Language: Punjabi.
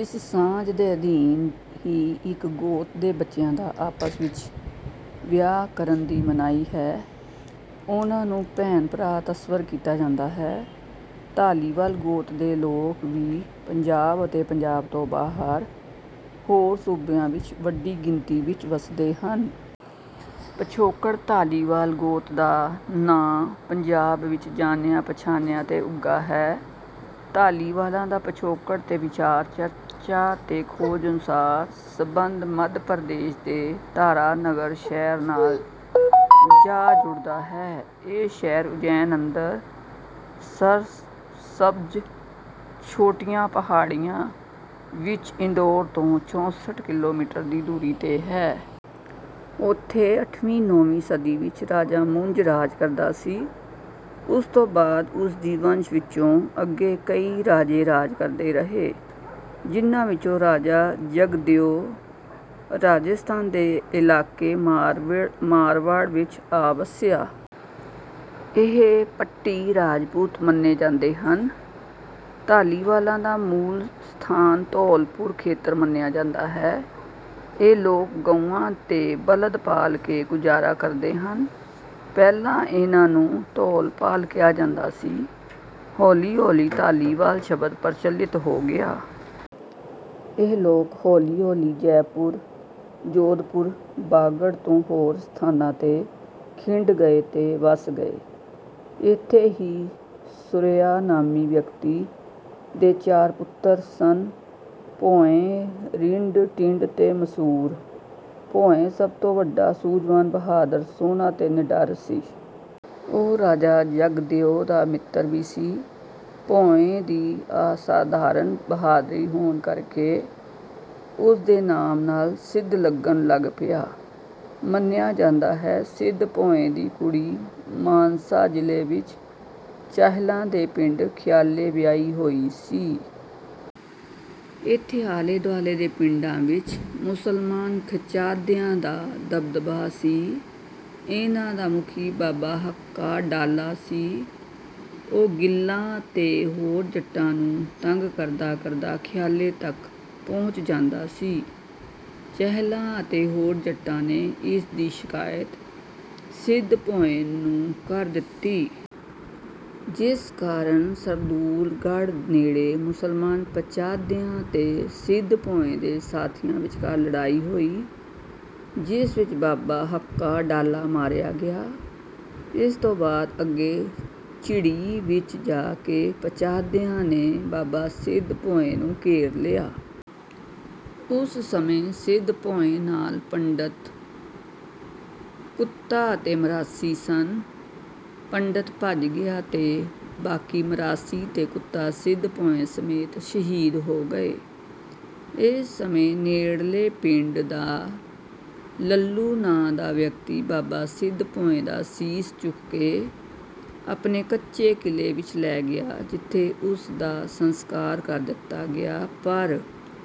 ਇਸ ਸਾਂਝ ਦੇ ਅਧੀਨ ਹੀ ਇੱਕ ਗੋਤ ਦੇ ਬੱਚਿਆਂ ਦਾ ਆਪਸ ਵਿੱਚ ਵਿਆਹ ਕਰਨ ਦੀ ਮਨਾਹੀ ਹੈ। ਉਨ੍ਹਾਂ ਨੂੰ ਭੈਣ ਭਰਾ ਤਸੱਵਰ ਕੀਤਾ ਜਾਂਦਾ ਹੈ। ਧਾਲੀਵਾਲ ਗੋਤ ਦੇ ਲੋਕ ਵੀ ਪੰਜਾਬ ਅਤੇ ਪੰਜਾਬ ਤੋਂ ਬਾਹਰ ਹੋਰ ਸੂਬਿਆਂ ਵਿੱਚ ਵੱਡੀ ਗਿਣਤੀ ਵਿੱਚ ਵਸਦੇ ਹਨ। ਪਿਛੋਕੜ ਧਾਲੀਵਾਲ ਗੋਤ ਦਾ ਨਾਂ ਪੰਜਾਬ ਵਿੱਚ ਜਾਣਿਆ ਪਛਾਣਿਆ ਤੇ ਉੱਘਾ ਹੈ। ਧਾਲੀਵਾਲਾਂ ਦਾ ਪਿਛੋਕੜ ਤੇ ਵਿਚਾਰ ਚਰਚਾ ਤੇ ਖੋਜ ਅਨੁਸਾਰ ਸੰਬੰਧ ਮੱਧ ਪ੍ਰਦੇਸ਼ ਦੇ ਧਾਰਾ ਨਗਰ ਸ਼ਹਿਰ ਨਾਲ ਜਾ ਜੁੜਦਾ ਹੈ। ਇਹ ਸ਼ਹਿਰ ਉਜੈਨ ਅੰਦਰ ਸਰਸ਼ਬਜ ਛੋਟੀਆਂ ਪਹਾੜੀਆਂ ਵਿੱਚ ਇੰਦੋਰ ਤੋਂ ਚੌਸਠ ਕਿਲੋਮੀਟਰ ਦੀ ਦੂਰੀ ਤੇ ਹੈ। ਉਥੇ ਅੱਠਵੀਂ ਨੌਵੀਂ ਸਦੀ ਵਿੱਚ ਰਾਜਾ ਮੁੰਜ ਰਾਜ ਕਰਦਾ ਸੀ। ਉਸ ਤੋਂ ਬਾਅਦ ਉਸ ਦੀ ਵੰਸ਼ ਵਿੱਚੋਂ ਅੱਗੇ ਕਈ ਰਾਜੇ ਰਾਜ ਕਰਦੇ ਰਹੇ। ਜਿਹਨਾਂ ਵਿੱਚੋਂ ਰਾਜਾ ਜਗਦੇਉ ਰਾਜਸਥਾਨ ਦੇ ਇਲਾਕੇ ਮਾਰਵਾੜ ਵਿੱਚ ਆ ਵਸਿਆ। ਇਹ ਭੱਟੀ ਰਾਜਪੂਤ ਮੰਨੇ ਜਾਂਦੇ ਹਨ। ਧਾਲੀਵਾਲਾਂ ਦਾ ਮੂਲ ਸਥਾਨ ਧੌਲਪੁਰ ਖੇਤਰ ਮੰਨਿਆ ਜਾਂਦਾ ਹੈ। ਇਹ ਲੋਕ ਗਊਆਂ ਤੇ ਬਲਦ ਪਾਲ ਕੇ ਗੁਜਾਰਾ ਕਰਦੇ ਸਨ ਪਹਿਲਾਂ ਇਹਨਾਂ ਨੂੰ ਧੌਲਪਾਲ ਕਿਹਾ ਜਾਂਦਾ ਸੀ। ਹੌਲੀ ਹੌਲੀ ਧਾਲੀਵਾਲ ਸ਼ਬਦ ਪ੍ਰਚਲਿਤ ਹੋ ਗਿਆ। ਇਹ ਲੋਕ ਹੌਲੀ ਹੌਲੀ ਜੈਪੁਰ ਜੋਧਪੁਰ ਬਾਗੜ ਤੇ ਹੋਰ ਸਥਾਨਾਂ ਤੇ ਖਿੰਡ ਗਏ ਤੇ ਵਸ ਗਏ। ਇੱਥੇ ਹੀ ਸੁਰੇਆ ਨਾਮੀ ਵਿਅਕਤੀ ਦੇ ਚਾਰ ਪੁੱਤਰ ਸਨ ਭੋਇੰ ਰਿੰਡ ਟਿੱਡ ਤੇ ਮਸੂਰ। ਭੋਇੰ ਸਭ ਤੋਂ ਵੱਡਾ ਸੂਝਵਾਨ ਬਹਾਦਰ ਸੋਹਣਾ ਤੇ ਨਿੱਡਰ ਸੀ। ਉਹ ਰਾਜਾ ਜਗਦੇਉ ਦਾ ਮਿੱਤਰ ਵੀ ਸੀ। ਭੋਇੰ ਦੀ ਅਸਾਧਾਰਨ ਬਹਾਦਰੀ ਹੋਣ ਕਰ ਕੇ ਉਸ ਦੇ ਨਾਮ ਨਾਲ ਸਿੱਧ ਲੱਗਣ ਲੱਗ ਪਿਆ। ਮੰਨਿਆ ਜਾਂਦਾ ਹੈ ਸਿੱਧ ਭੋਇੰ ਦੀ ਕੁੜੀ ਮਾਨਸਾ ਜਿਲ੍ਹੇ ਵਿੱਚ ਚਹਿਲਾਂ ਦੇ ਪਿੰਡ ਖਿਆਲੇ ਵਿਆਹੀ ਹੋਈ ਸੀ। ਇੱਥੇ ਆਲੇ ਦੁਆਲੇ ਦੇ ਪਿੰਡਾਂ ਵਿੱਚ ਮੁਸਲਮਾਨ ਖੱਚਾਹਦਿਆਂ ਦਾ ਦਬਦਬਾ ਸੀ। ਇਹਨਾਂ ਦਾ ਮੁਖੀ ਬਾਬਾ ਹੱਕਾ ਡਾਲਾ ਸੀ। ਉਹ ਗਿੱਲਾਂ ਤੇ ਹੋਰ ਜੱਟਾਂ ਨੂੰ ਤੰਗ ਕਰਦਾ ਕਰਦਾ ਖਿਆਲੇ ਤੱਕ ਪਹੁੰਚ ਜਾਂਦਾ ਸੀ। ਚਹਿਲਾਂ ਅਤੇ ਹੋਰ ਜੱਟਾਂ ਨੇ ਇਸ ਦੀ ਸ਼ਿਕਾਇਤ ਸਿੱਧ ਭੋਇੰ ਨੂੰ ਕਰ ਦਿੱਤੀ। ਜਿਸ ਕਾਰਨ ਸਰਦੂਲਗੜ੍ਹ ਨੇੜੇ ਮੁਸਲਮਾਨ ਪਚਾਹਦਿਆਂ ਤੇ ਸਿੱਧ ਭੋਇੰ ਦੇ ਸਾਥੀਆਂ ਵਿਚਕਾਰ ਲੜਾਈ ਹੋਈ ਜਿਸ ਵਿੱਚ ਬਾਬਾ ਹੱਕਾ ਡਾਲਾ ਮਾਰਿਆ ਗਿਆ। ਇਸ ਤੋਂ ਬਾਅਦ ਅੱਗੇ ਝਿੜੀ ਵਿੱਚ ਜਾ ਕੇ ਪਚਾਹਦਿਆਂ ਨੇ ਬਾਬਾ ਸਿੱਧ ਭੋਇੰ ਨੂੰ ਘੇਰ ਲਿਆ। ਉਸ ਸਮੇਂ ਸਿੱਧ ਭੋਇੰ ਨਾਲ ਪੰਡਤ ਕੁੱਤਾ ਅਤੇ ਮਰਾਸੀ ਸਨ। ਪੰਡਤ ਭੱਜ ਗਿਆ ਤੇ ਬਾਕੀ ਮਰਾਸੀ ਤੇ ਕੁੱਤਾ ਸਿੱਧ ਭੋਇੰ ਸਮੇਤ ਸ਼ਹੀਦ ਹੋ ਗਏ। ਇਸ ਸਮੇਂ ਨੇੜਲੇ ਪਿੰਡ ਦਾ ਲੱਲੂ ਨਾਂ ਦਾ ਵਿਅਕਤੀ ਬਾਬਾ ਸਿੱਧ ਭੋਇੰ ਦਾ ਸੀਸ ਚੁੱਕ ਕੇ ਆਪਣੇ ਕੱਚੇ ਕਿਲ੍ਹੇ ਵਿੱਚ ਲੈ ਗਿਆ ਜਿੱਥੇ ਉਸ ਦਾ ਸੰਸਕਾਰ ਕਰ ਦਿੱਤਾ ਗਿਆ। ਪਰ